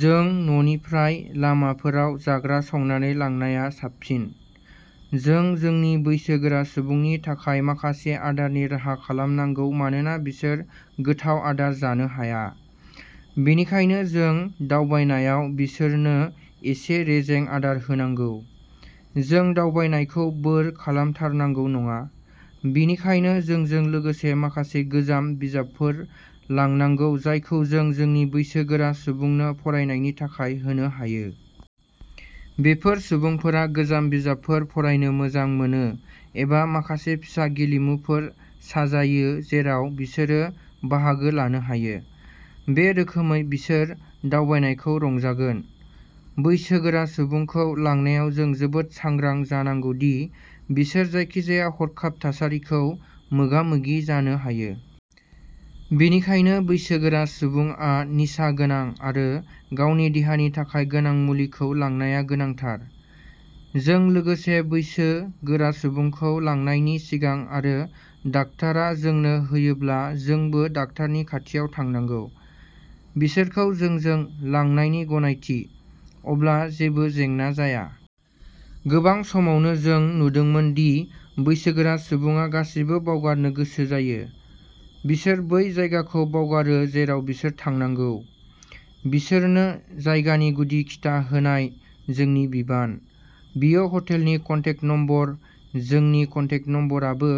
जों न'निफ्राय लामाफोराव जाग्रा संनानै लांनाया साबसिन। जों जोंनि बैसो गोरा सुबुंनि थाखाय माखासे आदारनि राहा खालामनांगौ मानोना बिसोर गोथाव आदार जानो हाया। बेनिखायनो जों दावबायनायाव बिसोरनो एसे रेजें आदार होनांगौ। जों दावबायनायखौ बोर खालामथारनांगौ नङा, बेनिखायनो जोंजों लोगोसे माखासे गोजाम बिजाबफोर लांनांगौ जायखौ जों जोंनि बैसो गोरा सुबुंनो फरायनायनि थाखाय होनो हायो। बेफोर सुबुंफोरा गोजाम बिजाबफोर फरायनो मोजां मोनो एबा माखासे फिसा गेलेमुफोर साजायो जेराव बिसोरो बाहागो लानो हायो। बे रोखोमै बिसोर दावबायनायखौ रंजागोन। बैसो गोरा सुबुंखौ लांनायाव जों जोबोद सांग्रां जानांगौ दि बिसोर जायखिजाया हरखाब थासारिखौ मोगा-मोगि जानो हायो। बेनिखायनो बैसो गोरा सुबुङा निसा गोनां आरो गावनि देहानि थाखाय गोनां मुलिखौ लांनाया गोनांथार। जों लोगोसे बैसो गोरा सुबुंखौ लांनायनि सिगां आरो डाक्टारा जोंनो होयोब्ला जोंबो डाक्टारनि खाथियाव थांनांगौ। बिसोरखौ जोंजों लांनायनि गनायथि, अब्ला जेबो जेंना जाया। गोबां समावनो जों नुदोंमोन दि बैसोगोरा सुबुङा गासिबो बावगारनो गोसो जायो। बिसोर बै जायगाखौ बावगारो जेराव बिसोर थांनांगौ। बिसोरनो जायगानि गुदि खिथा होनाय जोंनि बिबान, बेयो हटेलनि कन्टेक नम्बर, जोंनि कन्टेक नम्बराबो,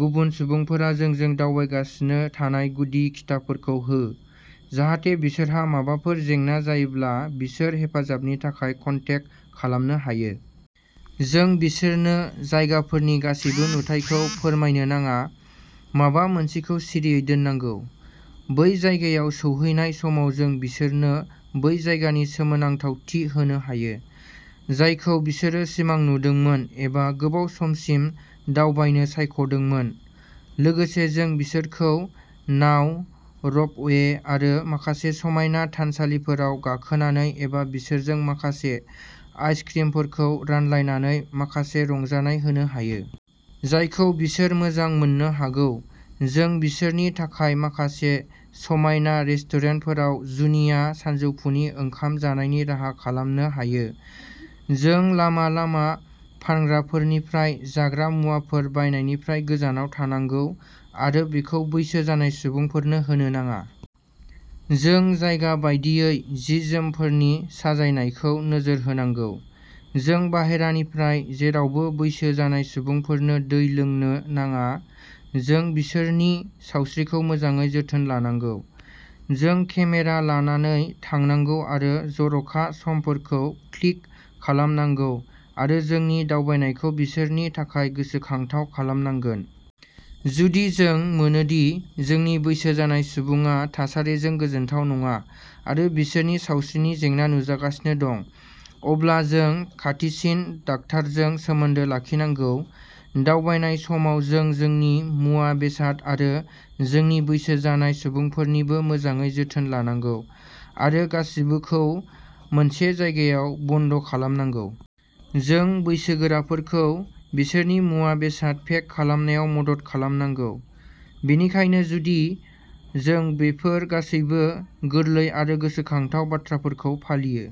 गुबुन सुबुंफोरा जोंजों दावबायगासिनो थानाय गुदि खिथाफोरखौ हो, जाहाथे बिसोरहा माबाफोर जेंना जायोब्ला बिसोर हेफाजाबनि थाखाय कन्टेक खालामनो हायो। जों बिसोरनो जायगाफोरनि गासैबो नुथायखौ फोरमायनो नाङा। माबा मोनसेखौ सिरियै दोननांगौ। बै जायगायाव सौहैनाय समाव जों बिसोरनो बै जायगानि सोमोनांथावथि होनो हायो, जायखौ बिसोरो सिमां नुदोंमोन एबा गोबाव समसिम दावबायनो सायख'दोंमोन। लोगोसे जों बिसोरखौ नाव, र'पअवे आरो माखासे समायना थानसालिफोराव गाखोनानै एबा बिसोरजों माखासे आइस-क्रिमफोरखौ रानलायनानै माखासे रंजानाय होनो हायो। जायखौ बिसोर मोजां मोननो हागौ। जों बिसोरनि थाखाय माखासे समायना रेस्टुरेन्टफोराव जुनिया सानजौफुनि ओंखाम जानायनि राहा खालामनो हायो। जों लामा-लामा फानग्राफोरनिफ्राय जाग्रा मुवाफोर बायनायनिफ्राय गोजानाव थानांगौ आरो बेखौ बैसो जानाय सुबुंफोरनो होनो नाङा। जों जायगा बायदियै जि-जोमफोरनि साजायनायखौ नोजोर होनांगौ। जों बाहेरानिफ्राय जेरावबो बैसो जानाय सुबुंफोरनो दै लोंनो नाङा। जों बिसोरनि सावस्रिखौ मोजाङै जोथोन लानांगौ। जों केमेरा लानानै थांनांगौ आरो जर'खा समफोरखौ क्लिक खालामनांगौ आरो जोंनि दावबायनायखौ बिसोरनि थाखाय गोसोखांथाव खालामनांगोन। जुदि जों मोनोदि जोंनि बैसो जानाय सुबुङा थासारिजों गोजोनथाव नङा आरो बिसोरनि सावस्रिनि जेंना नुजागासिनो दं, अब्ला जों खाथिसिन डाक्टारजों सोमोन्दो लाखिनांगौ। दावबायनाय समाव जों जोंनि मुवा-बेसाद आरो जोंनि बैसो जानाय सुबुंफोरनिबो मोजाङै जोथोन लानांगौ आरो गासिबोखौ मोनसे जायगायाव बन्द खालामनांगौ। जों बैसोगोराफोरखौ बिसोरनि मुवा-बेसाद पेक खालामनायाव मदद खालामनांगौ। बेनिखायनो जुदि जों बेफोर गासैबो गोरलै आरो गोसोखांथाव बाथ्राफोरखौ फालियो।